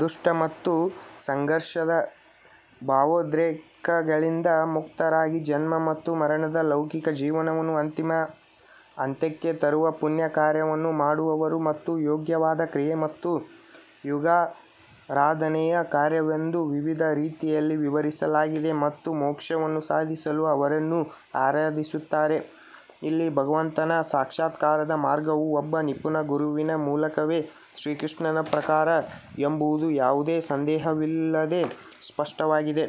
ದುಷ್ಟ ಮತ್ತು ಸಂಘರ್ಷದ ಭಾವೋದ್ರೇಕಗಳಿಂದ ಮುಕ್ತರಾಗಿ ಜನ್ಮ ಮತ್ತು ಮರಣದ ಲೌಕಿಕ ಜೀವನವನ್ನು ಅಂತಿಮ ಅಂತ್ಯಕ್ಕೆ ತರುವ ಪುಣ್ಯ ಕಾರ್ಯವನ್ನು ಮಾಡುವವರು ಮತ್ತು ಯೋಗ್ಯವಾದ ಕ್ರಿಯೆ ಮತ್ತು ಯಾಗಾರಾಧನೆಯ ಕಾರ್ಯವೆಂದು ವಿವಿಧ ರೀತಿಯಲ್ಲಿ ವಿವರಿಸಲಾಗಿದೆ ಮತ್ತು ಮೋಕ್ಷವನ್ನು ಸಾಧಿಸಲು ಅವನನ್ನು ಆರಾಧಿಸುತ್ತಾರೆ. ಇಲ್ಲಿ ಭಗವಂತನ ಸಾಕ್ಷಾತ್ಕಾರದ ಮಾರ್ಗವು ಒಬ್ಬ ನಿಪುಣ ಗುರುವಿನ ಮೂಲಕವೇ ಶ್ರೀಕೃಷ್ಣನ ಪ್ರಕಾರ ಎಂಬುದು ಯಾವುದೇ ಸಂದೇಹವಿಲ್ಲದೆ ಸ್ಪಷ್ಟವಾಗಿದೆ.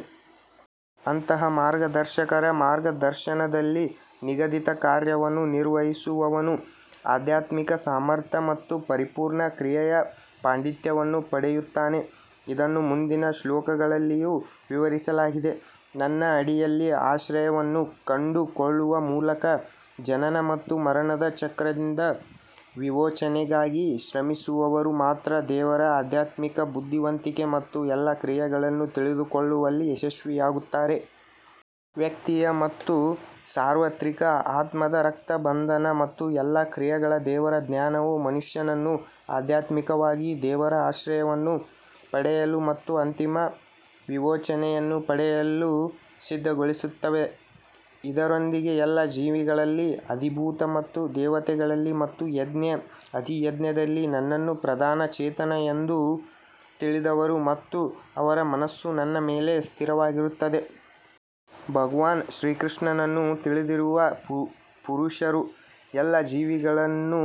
ಅಂತಹ ಮಾರ್ಗದರ್ಶಕರ ಮಾರ್ಗದರ್ಶನದಲ್ಲಿ ನಿಗದಿತ ಕಾರ್ಯವನ್ನು ನಿರ್ವಹಿಸುವವನು ಆಧ್ಯಾತ್ಮಿಕ ಸಾಮರ್ಥ್ಯ ಮತ್ತು ಪರಿಪೂರ್ಣ ಕ್ರಿಯೆಯ ಪಾಂಡಿತ್ಯವನ್ನು ಪಡೆಯುತ್ತಾನೆ. ಇದನ್ನು ಮುಂದಿನ ಶ್ಲೋಕಗಳಲ್ಲಿಯೂ ವಿವರಿಸಲಾಗಿದೆ. ನನ್ನ ಅಡಿಯಲ್ಲಿ ಆಶ್ರಯವನ್ನು ಕಂಡುಕೊಳ್ಳುವ ಮೂಲಕ ಜನನ ಮತ್ತು ಮರಣದ ಚಕ್ರದಿಂದ ವಿಮೋಚನೆಗಾಗಿ ಶ್ರಮಿಸುವವರು ಮಾತ್ರ ದೇವರ ಆಧ್ಯಾತ್ಮಿಕ ಬುದ್ಧಿವಂತಿಕೆ ಮತ್ತು ಎಲ್ಲಾ ಕ್ರಿಯೆಗಳನ್ನು ತಿಳಿದುಕೊಳ್ಳುವಲ್ಲಿ ಯಶಸ್ವಿಯಾಗುತ್ತಾರೆ. ವ್ಯಕ್ತಿಯ ಮತ್ತು ಸಾರ್ವತ್ರಿಕ ಆತ್ಮದ ರಕ್ತಸಂಬಂಧ ಮತ್ತು ಎಲ್ಲಾ ಕ್ರಿಯೆಗಳ ದೇವರ ಜ್ಞಾನವು ಮನುಷ್ಯನನ್ನು ಆಧ್ಯಾತ್ಮಿಕವಾಗಿ ದೇವರ ಆಶ್ರಯವನ್ನು ಪಡೆಯಲು ಮತ್ತು ಅಂತಿಮ ವಿಮೋಚನೆಯನ್ನು ಪಡೆಯಲು ಸಿದ್ಧಗೊಳಿಸುತ್ತದೆ. ಇದರೊಂದಿಗೆ ಎಲ್ಲ ಜೀವಿಗಳಲ್ಲಿ ಅಧಿಭೂತ ಮತ್ತು ದೇವತೆಗಳಲ್ಲಿ ಮತ್ತು ಯಜ್ಞ ಅಧಿಯಜ್ಞದಲ್ಲಿ ನನ್ನನ್ನು ಪ್ರಧಾನ ಚೇತನ ಎಂದು ತಿಳಿದವರು ಮತ್ತು ಅವರ ಮನಸ್ಸು ನನ್ನ ಮೇಲೆ ಸ್ಥಿರವಾಗಿರುತ್ತದೆ. ಭಗವಾನ್ ಶ್ರೀಕೃಷ್ಣನನ್ನು ತಿಳಿದಿರುವ ಪುರುಷರು ಎಲ್ಲಾ ಜೀವಿಗಳನ್ನು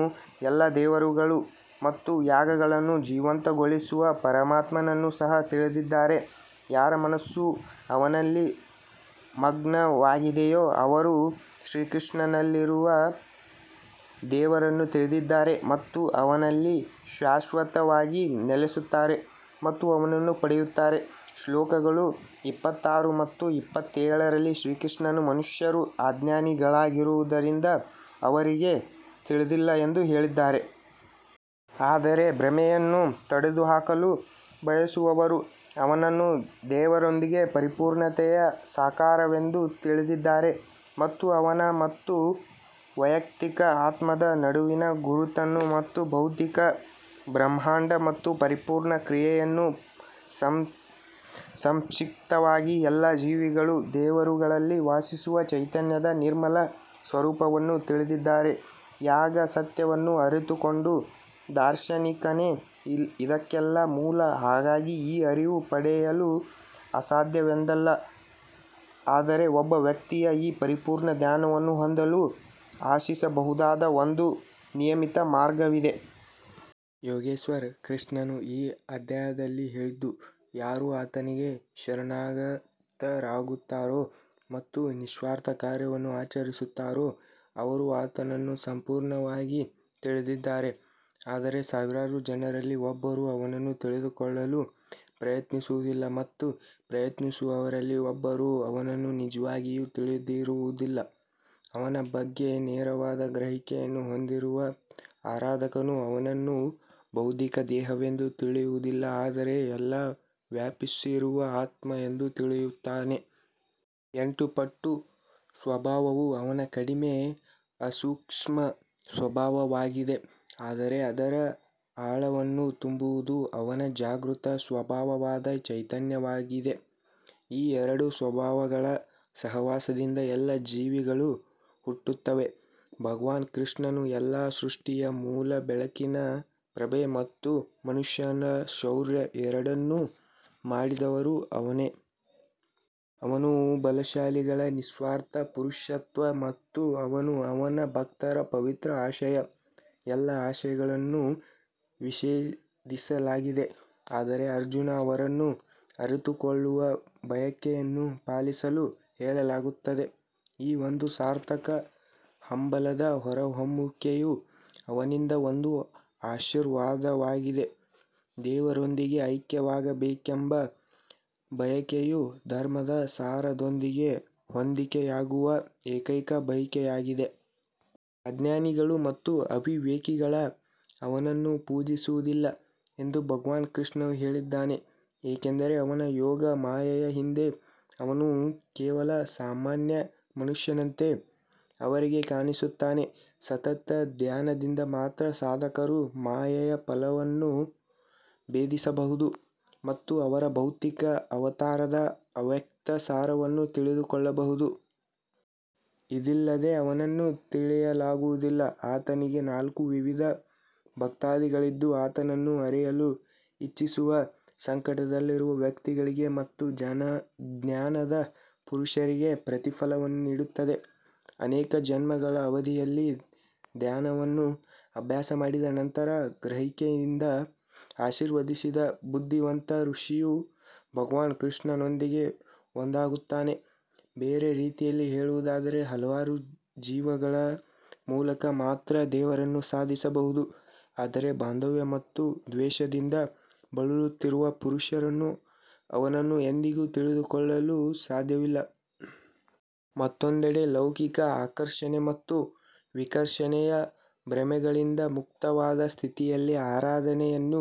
ಎಲ್ಲಾ ದೇವರುಗಳು ಮತ್ತು ಯಾಗಗಳನ್ನು ಜೀವಂತಗೊಳಿಸುವ ಪರಮಾತ್ಮನನ್ನು ಸಹ ತಿಳಿದಿದ್ದಾರೆ. ಯಾರ ಮನಸ್ಸು ಅವನಲ್ಲಿ ಮಗ್ನವಾಗಿದೆಯೋ ಅವರು ಶ್ರೀಕೃಷ್ಣನಲ್ಲಿರುವ ದೇವರನ್ನು ತಿಳಿದಿದ್ದಾರೆ ಮತ್ತು ಅವನಲ್ಲಿ ಶಾಶ್ವತವಾಗಿ ನೆಲೆಸುತ್ತಾರೆ ಮತ್ತು ಅವನನ್ನು ಪಡೆಯುತ್ತಾರೆ. ಶ್ಲೋಕಗಳು ಇಪ್ಪತ್ತಾರು ಮತ್ತು ಇಪ್ಪತ್ತೇಳರಲ್ಲಿ ಶ್ರೀಕೃಷ್ಣನು ಮನುಷ್ಯರು ಅಜ್ಞಾನಿಗಳಾಗಿರುವುದರಿಂದ ಅವರಿಗೆ ತಿಳಿದಿಲ್ಲ ಎಂದು ಹೇಳಿದ್ದಾರೆ. ಆದರೆ ಭ್ರಮೆಯನ್ನು ತೊಡೆದುಹಾಕಲು ಬಯಸುವವರು ಅವನನ್ನು ದೇವರೊಂದಿಗೆ ಪರಿಪೂರ್ಣತೆಯ ಸಾಕಾರವೆಂದು ತಿಳಿದಿದ್ದಾರೆ ಮತ್ತು ಅವನ ಮತ್ತು ವೈಯಕ್ತಿಕ ಆತ್ಮದ ನಡುವಿನ ಗುರುತನ್ನು ಮತ್ತು ಭೌತಿಕ ಬ್ರಹ್ಮಾಂಡ ಮತ್ತು ಪರಿಪೂರ್ಣ ಕ್ರಿಯೆಯನ್ನು ಸಂಕ್ಷಿಪ್ತವಾಗಿ ಎಲ್ಲಾ ಜೀವಿಗಳು ದೇವರುಗಳಲ್ಲಿ ವಾಸಿಸುವ ಚೈತನ್ಯದ ನಿರ್ಮಲ ಸ್ವರೂಪವನ್ನು ತಿಳಿದಿದ್ದಾರೆ. ಯಾಗ ಸತ್ಯವನ್ನು ಅರಿತುಕೊಂಡ ದಾರ್ಶನಿಕನೇ ಇದಕ್ಕೆಲ್ಲ ಮೂಲ ಹಾಗಾಗಿ ಈ ಅರಿವು ಪಡೆಯಲು ಅಸಾಧ್ಯವೆಂದಲ್ಲ ಆದರೆ ಒಬ್ಬ ವ್ಯಕ್ತಿಯು ಈ ಪರಿಪೂರ್ಣ ಜ್ಞಾನವನ್ನು ಹೊಂದಲು ಆಶಿಸಬಹುದಾದ ಒಂದು ನಿಯಮಿತ ಮಾರ್ಗವಿದೆ. ಯೋಗೇಶ್ವರ ಕೃಷ್ಣನು ಈ ಅಧ್ಯಾಯದಲ್ಲಿ ಹೇಳಿದ್ದು ಯಾರು ಆತನಿಗೆ ಶರಣಾಗತರಾಗುತ್ತಾರೋ ಮತ್ತು ನಿಸ್ವಾರ್ಥ ಕಾರ್ಯವನ್ನು ಆಚರಿಸುತ್ತಾರೋ ಅವರು ಆತನನ್ನು ಸಂಪೂರ್ಣವಾಗಿ ತಿಳಿದಿದ್ದಾರೆ. ಆದರೆ ಸಾವಿರಾರು ಜನರಲ್ಲಿ ಒಬ್ಬರು ಅವನನ್ನು ತಿಳಿದುಕೊಳ್ಳಲು ಪ್ರಯತ್ನಿಸುವುದಿಲ್ಲ ಮತ್ತು ಪ್ರಯತ್ನಿಸುವವರಲ್ಲಿ ಒಬ್ಬರು ಅವನನ್ನು ನಿಜವಾಗಿಯೂ ತಿಳಿದಿರುವುದಿಲ್ಲ. ಅವನ ಬಗ್ಗೆ ನೇರವಾದ ಗ್ರಹಿಕೆಯನ್ನು ಹೊಂದಿರುವ ಆರಾಧಕನು ಅವನನ್ನು ಭೌತಿಕ ದೇಹವೆಂದು ತಿಳಿಯುವುದಿಲ್ಲ ಆದರೆ ಎಲ್ಲಾ ವ್ಯಾಪಿಸಿರುವ ಆತ್ಮ ಎಂದು ತಿಳಿಯುತ್ತಾನೆ. ಎಂಟು ಪಟ್ಟು ಸ್ವಭಾವವು ಅವನ ಕಡಿಮೆ ಅಸೂಕ್ಷ್ಮ ಸ್ವಭಾವವಾಗಿದೆ ಆದರೆ ಅದರ ಆಳವನ್ನು ತುಂಬುವುದು ಅವನ ಜಾಗೃತ ಸ್ವಭಾವವಾದ ಚೈತನ್ಯವಾಗಿದೆ. ಈ ಎರಡು ಸ್ವಭಾವಗಳ ಸಹವಾಸದಿಂದ ಎಲ್ಲ ಜೀವಿಗಳೂ ಹುಟ್ಟುತ್ತವೆ. ಭಗವಾನ್ ಕೃಷ್ಣನು ಎಲ್ಲಾ ಸೃಷ್ಟಿಯ ಮೂಲ ಬೆಳಕಿನ ಪ್ರಭೆ ಮತ್ತು ಮನುಷ್ಯರ ಶೌರ್ಯ ಎರಡನ್ನೂ ಮಾಡಿದವನು ಅವನೇ. ಅವನು ಬಲಶಾಲಿಗಳ ನಿಸ್ವಾರ್ಥ ಪುರುಷತ್ವ ಮತ್ತು ಅವನೂ ಅವನ ಭಕ್ತರ ಪವಿತ್ರ ಆಶಯ. ಎಲ್ಲಾ ಆಸೆಗಳನ್ನು ನಿಷೇಧಿಸಲಾಗಿದೆ ಆದರೆ ಅರ್ಜುನ ಅವರನ್ನು ಅರಿತುಕೊಳ್ಳುವ ಬಯಕೆಯನ್ನು ಪಾಲಿಸಲು ಹೇಳಲಾಗುತ್ತದೆ. ಈ ಒಂದು ಸಾರ್ಥಕ ಹಂಬಲದ ಹೊರಹೊಮ್ಮುವಿಕೆಯೂ ಅವನಿಂದ ಒಂದು ಆಶೀರ್ವಾದವಾಗಿದೆ. ದೇವರೊಂದಿಗೆ ಐಕ್ಯವಾಗಬೇಕೆಂಬ ಬಯಕೆಯು ಧರ್ಮದ ಸಾರದೊಂದಿಗೆ ಹೊಂದಿಕೆಯಾಗುವ ಏಕೈಕ ಬಯಕೆಯಾಗಿದೆ. ಅಜ್ಞಾನಿಗಳು ಮತ್ತು ಅವಿವೇಕಿಗಳು ಅವನನ್ನು ಪೂಜಿಸುವುದಿಲ್ಲ ಎಂದು ಭಗವಾನ್ ಕೃಷ್ಣನು ಹೇಳಿದ್ದಾನೆ ಏಕೆಂದರೆ ಅವನ ಯೋಗ ಮಾಯೆಯ ಹಿಂದೆ ಅವನು ಕೇವಲ ಸಾಮಾನ್ಯ ಮನುಷ್ಯನಂತೆ ಅವರಿಗೆ ಕಾಣಿಸುತ್ತಾನೆ. ಸತತ ಧ್ಯಾನದಿಂದ ಮಾತ್ರ ಸಾಧಕರು ಮಾಯೆಯ ಪಲ್ಯವನ್ನು ಭೇದಿಸಬಹುದು ಮತ್ತು ಅವರ ಭೌತಿಕ ಅವತಾರದ ಅವ್ಯಕ್ತ ಸಾರವನ್ನು ತಿಳಿದುಕೊಳ್ಳಬಹುದು. ಇದಿಲ್ಲದೆ ಅವನನ್ನು ತಿಳಿಯಲಾಗುವುದಿಲ್ಲ. ಆತನಿಗೆ ನಾಲ್ಕು ವಿಧದ ಭಕ್ತಾದಿಗಳಿದ್ದು ಆತನನ್ನು ಅರಿಯಲು ಇಚ್ಛಿಸುವ ಸಂಕಟದಲ್ಲಿರುವ ವ್ಯಕ್ತಿಗಳಿಗೆ ಮತ್ತು ಜ್ಞಾನದ ಪುರುಷರಿಗೆ ಪ್ರತಿಫಲವನ್ನು ನೀಡುತ್ತದೆ. ಅನೇಕ ಜನ್ಮಗಳ ಅವಧಿಯಲ್ಲಿ ಧ್ಯಾನವನ್ನು ಅಭ್ಯಾಸ ಮಾಡಿದ ನಂತರ ಗ್ರಹಿಕೆಯಿಂದ ಆಶೀರ್ವದಿಸಿದ ಬುದ್ಧಿವಂತ ಋಷಿಯು ಭಗವಾನ್ ಕೃಷ್ಣನೊಂದಿಗೆ ಒಂದಾಗುತ್ತಾನೆ. ಬೇರೆ ರೀತಿಯಲ್ಲಿ ಹೇಳುವುದಾದರೆ ಹಲವಾರು ಜೀವನಗಳ ಮೂಲಕ ಮಾತ್ರ ದೇವರನ್ನು ಸಾಧಿಸಬಹುದು ಆದರೆ ಬಾಂಧವ್ಯ ಮತ್ತು ದ್ವೇಷದಿಂದ ಬಳಲುತ್ತಿರುವ ಪುರುಷರು ಅವನನ್ನು ಎಂದಿಗೂ ತಿಳಿದುಕೊಳ್ಳಲು ಸಾಧ್ಯವಿಲ್ಲ. ಮತ್ತೊಂದೆಡೆ ಲೌಕಿಕ ಆಕರ್ಷಣೆ ಮತ್ತು ವಿಕರ್ಷಣೆಯ ಭ್ರಮೆಗಳಿಂದ ಮುಕ್ತವಾದ ಸ್ಥಿತಿಯಲ್ಲಿ ಆರಾಧನೆಯನ್ನು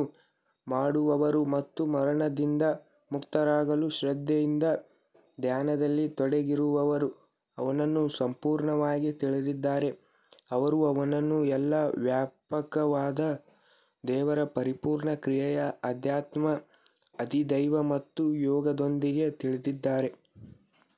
ಮಾಡುವವರು ಮತ್ತು ಮರಣದಿಂದ ಮುಕ್ತರಾಗಲು ಶ್ರದ್ಧೆಯಿಂದ ಧ್ಯಾನದಲ್ಲಿ ತೊಡಗಿರುವವರು ಅವನನ್ನು ಸಂಪೂರ್ಣವಾಗಿ ತಿಳಿದಿದ್ದಾರೆ. ಅವರು ಅವನನ್ನು ಎಲ್ಲಾ ವ್ಯಾಪಕವಾದ ದೇವರ ಪರಿಪೂರ್ಣ ಕ್ರಿಯೆಯ ಅಧ್ಯಾತ್ಮ ಅಧಿದೈವ್ ಮತ್ತು ಯಾಗದೊಂದಿಗೆ ತಿಳಿದಿದ್ದಾರೆ.